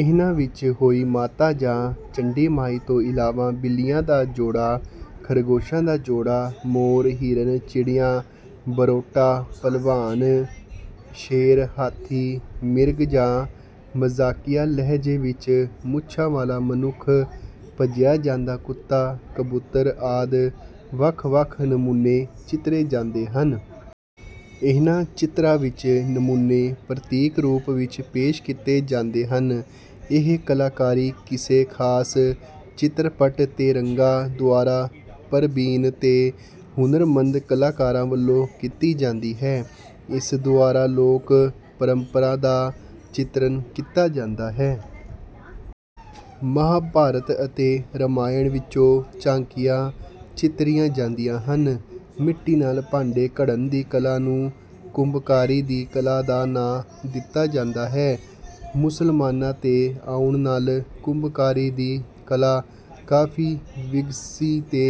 ਇਨ੍ਹਾਂ ਵਿੱਚ ਹੋਈ ਮਾਤਾ ਜਾਂ ਚੰਡੀ ਮਾਈ ਤੋਂ ਇਲਾਵਾ ਬਿੱਲੀਆਂ ਦਾ ਜੋੜਾਂ, ਖ਼ਰਗੋਸ਼ਾਂ ਦਾ ਜੋੜਾਂ, ਮੋਰ, ਹਿਰਨ, ਚਿੜੀਆਂ, ਬਰੋਟਾ, ਭਲਵਾਨ, ਸ਼ੇਰ, ਹਾਥੀ, ਮਿਰਗ ਜਾਂ ਮਜ਼ਾਕੀਆ ਲਹਿਜੇ ਵਿੱਚ ਮੁੱਛਾਂ ਵਾਲਾ ਮਨੁੱਖ, ਭੱਜਿਆ ਜਾਂਦਾ ਕੁੱਤਾ, ਕਬੂਤਰ ਆਦਿ ਵੱਖ ਵੱਖ ਨਮੂਨੇ ਚਿੱਤਰੇ ਜਾਂਦੇ ਹਨ। ਇਨ੍ਹਾਂ ਚਿੱਤਰਾਂ ਵਿੱਚ ਨਮੂਨੇ ਪ੍ਰਤੀਕ ਰੂਪ ਵਿੱਚ ਪੇਸ਼ ਕੀਤੇ ਜਾਂਦੇ ਹਨ। ਇਹ ਕਲਾਕਾਰੀ ਕਿਸੇ ਖਾਸ ਚਿੱਤਰਪਟ ਤੇ ਰੰਗਾਂ ਦੁਆਰਾ ਪਰਬੀਨ ਤੇ ਹੁਨਰਮੰਦ ਕਲਾਕਾਰਾਂ ਵਲੋਂ ਕੀਤੀ ਜਾਂਦੀ ਹੈ। ਇਸ ਦੁਆਰਾ ਲੋਕ ਪਰੰਪਰਾਂ ਦਾ ਚਿੱਤਰਨ ਕੀਤਾ ਜਾਂਦਾ ਹੈ। ਮਹਾਂਭਾਰਤ ਅਤੇ ਰਮਾਇਣ ਵਿੱਚੋਂ ਝਾਕੀਆਂ ਚਿੱਤਰੀਆਂ ਜਾਂਦੀਆਂ ਹਨ। ਮਿੱਟੀ ਨਾਲ ਭਾਂਡੇ ਘੜਨ ਦੀ ਕਲਾ ਨੂੰ ਕੁੰਭਕਾਰੀ ਦੀ ਕਲਾ ਦਾ ਨਾਂ ਦਿੱਤਾ ਜਾਂਦਾ ਹੈ, ਮੁਸਲਮਾਨਾ ਤੇ ਆਉਣ ਨਾਲ ਕੁੰਭਕਾਰੀ ਦੀ ਕਲਾ ਕਾਫੀ ਵਿਗਸੀ ਤੇ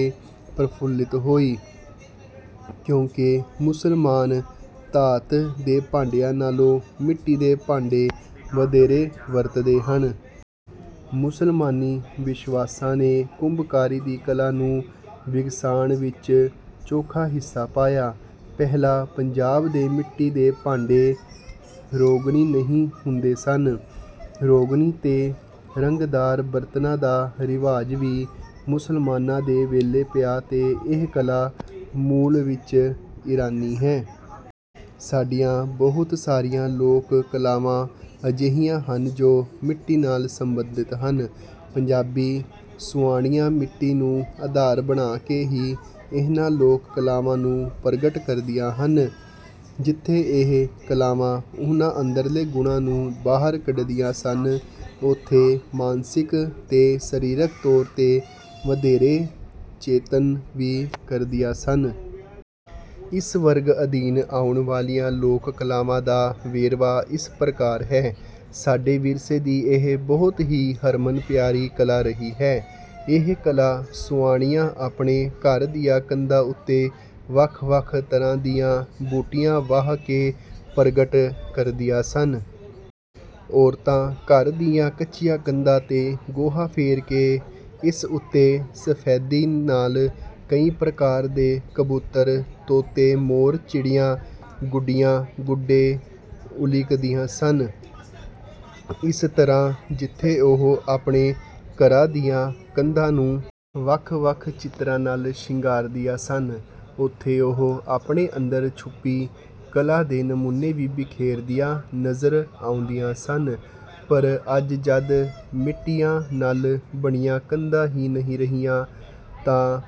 ਪ੍ਰਫੁੱਲਿਤ ਹੋਈ ਕਿਉਂਕਿ ਮੁਸਲਮਾਨ ਧਾਤ ਦੇ ਭਾਂਡਿਆਂ ਨਾਲੋਂ ਮਿੱਟੀ ਦੇ ਭਾਂਡੇ ਵਧੇਰੇ ਵਰਤਦੇ ਹਨ। ਮੁਸਲਮਾਨੀ ਵਿਸ਼ਵਾਸਾਂ ਨੇ ਕੁੰਭਕਾਰੀ ਦੀ ਕਲਾ ਨੂੰ ਵਿਗਸਾਣ ਵਿੱਚ ਚੌਖਾ ਹਿੱਸਾ ਪਾਇਆ। ਪਹਿਲਾਂ ਪੰਜਾਬ ਦੇ ਮਿੱਟੀ ਦੇ ਭਾਂਡੇ ਰੋਗਨੀ ਨਹੀਂ ਹੁੰਦੇ ਸਨ। ਰੋਗਨੀ ਤੇ ਰੰਗਦਾਰ ਬਰਤਨਾਂ ਦਾ ਰਿਵਾਜ ਵੀ ਮੁਸਲਮਾਨਾਂ ਦੇ ਵੇਲੇ ਪਿਆ ਤੇ ਇਹ ਕਲਾ ਮੂਲ ਵਿੱਚ ਈਰਾਨੀ ਹੈ। ਸਾਡੀਆਂ ਬਹੁਤ ਸਾਰੀਆਂ ਲੋਕ-ਕਲਾਵਾਂ ਅਜਿਹੀਆਂ ਹਨ, ਜੋ ਮਿੱਟੀ ਨਾਲ ਸੰਬੰਧਿਤ ਹਨ। ਪੰਜਾਬੀ ਸੁਆਣੀਆਂ ਮਿੱਟੀ ਨੂੰ ਆਧਾਰ ਬਣਾ ਕੇ ਹੀ ਇਨ੍ਹਾਂ ਲੋਕ-ਕਲਾਵਾਂ ਨੂੰ ਪ੍ਰਗਟ ਕਰਦੀਆਂ ਹਨ। ਜਿੱਥੇ ਇਹ ਕਲਾਵਾਂ ਉਨ੍ਹਾਂ ਅੰਦਰਲੇ ਗੁਣਾਂ ਨੂੰ ਬਾਹਰ ਕੱਢਦੀਆਂ ਸਨ, ਉੱਥੇ ਮਾਨਸਿਕ ਤੇ ਸਰੀਰਕ ਤੌਰ ਤੇ ਵਧੇਰੇ ਚੇਤੰਨ ਵੀ ਕਰਦੀਆਂ ਸਨ। ਇਸ ਵਰਗ ਅਧੀਨ ਆਉਣ ਵਾਲੀਆਂ ਲੋਕ ਕਲਾਵਾਂ ਦਾ ਵੇਰਵਾ ਇਸ ਪ੍ਰਕਾਰ ਹੈ ਸਾਡੇ ਵਿਰਸੇ ਦੀ ਇਹ ਬਹੁਤ ਹੀ ਹਰਮਨ ਪਿਆਰੀ ਕਲਾ ਰਹੀ ਹੈ। ਇਹ ਕਲਾ ਸੁਆਣੀਆਂ ਆਪਣੇ ਘਰ ਦੀਆਂ ਕੰਧਾਂ ਉੱਤੇ ਵੱਖ-ਵੱਖ ਤਰ੍ਹਾਂ ਦੀਆਂ ਬੂਟੀਆਂ ਵਾਹ ਕੇ ਪ੍ਰਗਟ ਕਰਦੀਆਂ ਸਨ। ਔਰਤਾਂ ਘਰ ਦੀਆਂ ਕੱਚੀਆਂ ਕੰਧਾਂ ਤੇ ਗੋਹਾ ਫੇਰ ਕੇ ਇਸ ਉੱਤੇ ਸਫ਼ੈਦੀ ਨਾਲ ਕਈ ਪ੍ਰਕਾਰ ਦੇ ਕਬੂਤਰ, ਤੋਤੇ, ਮੋਰ, ਚਿੜੀਆਂ, ਗੁੱਡੀਆਂ, ਗੁੱਡੇ ਉਲ੍ਹੀਕਦੀਆਂ ਸਨ। ਇਸ ਤਰ੍ਹਾ ਜਿੱਥੇ ਉਹ ਆਪਣੇ ਘਰਾਂ ਦੀਆਂ ਕੰਧਾਂ ਨੂੰ ਵੱਖ-ਵੱਖ ਚਿੱਤਰਾਂ ਨਾਲ ਸ਼ਿੰਗਾਰ ਦੀਆ ਸਨ, ਉਥੇ ਉਹ ਆਪਣੇ ਅੰਦਰ ਛੁਪੀ ਕਲਾ ਦੇ ਨਮੂਨੇ ਵੀ ਬਿਖੇਰ ਦੀਆ ਨਜ਼ਰ ਆਉਂਦੀਆ ਸਨ, ਪਰ ਅੱਜ ਜਦ ਮਿੱਟੀਆਂ ਨਾਲ ਬਣੀਆਂ ਕੰਧਾਂ ਹੀ ਨਹੀਂ ਰਹੀਆਂ, ਤਾਂ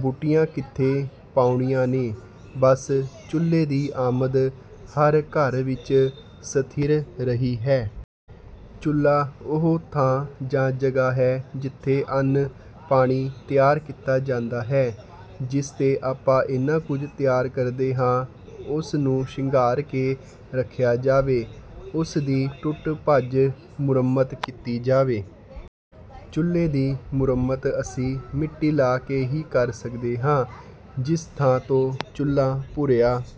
ਬੂਟੀਆਂ ਕਿੱਥੇ ਪਾਊਣੀਆ ਨੇ ਬਸ ਚੁੱਲੇ ਦੀ ਆਮਦ ਹਰ ਘਰ ਵਿਚ ਸਥਿਰ ਰਹੀ ਹੈ। ਚੁੱਲ੍ਹਾ ਉਹ ਥਾਂ ਜਾਂ ਜਗ੍ਹਾਂ ਹੈ, ਜਿੱਥੇ ਅੰਨ, ਪਾਣੀ ਤਿਆਰ ਕੀਤਾ ਜਾਂਦਾ ਹੈ। ਜਿਸ ਤੇ ਆਪਾਂ ਏਨਾ ਕੁਝ ਤਿਆਰ ਕਰਦੇ ਹਾਂ ਉਸ ਨੂੰ ਸ਼ਿੰਗਾਰ ਕੇ ਰੱਖਿਆ ਜਾਵੇ। ਉਸ ਦੀ ਟੁੱਟ-ਭੱਜ ਮੁਰੰਮਤ ਕੀਤੀ ਜਾਵੇ। ਚੁੱਲ੍ਹੇ ਦੀ ਮੁਰੰਮਤ ਅਸੀਂ ਮਿੱਟੀ ਲਾ ਕੇ ਹੀ ਕਰ ਸਕਦੇ ਹਾਂ। ਜਿਸ ਥਾਂ ਤੋਂ ਚੁੱਲ੍ਹਾਂ ਭੁਰਿਆ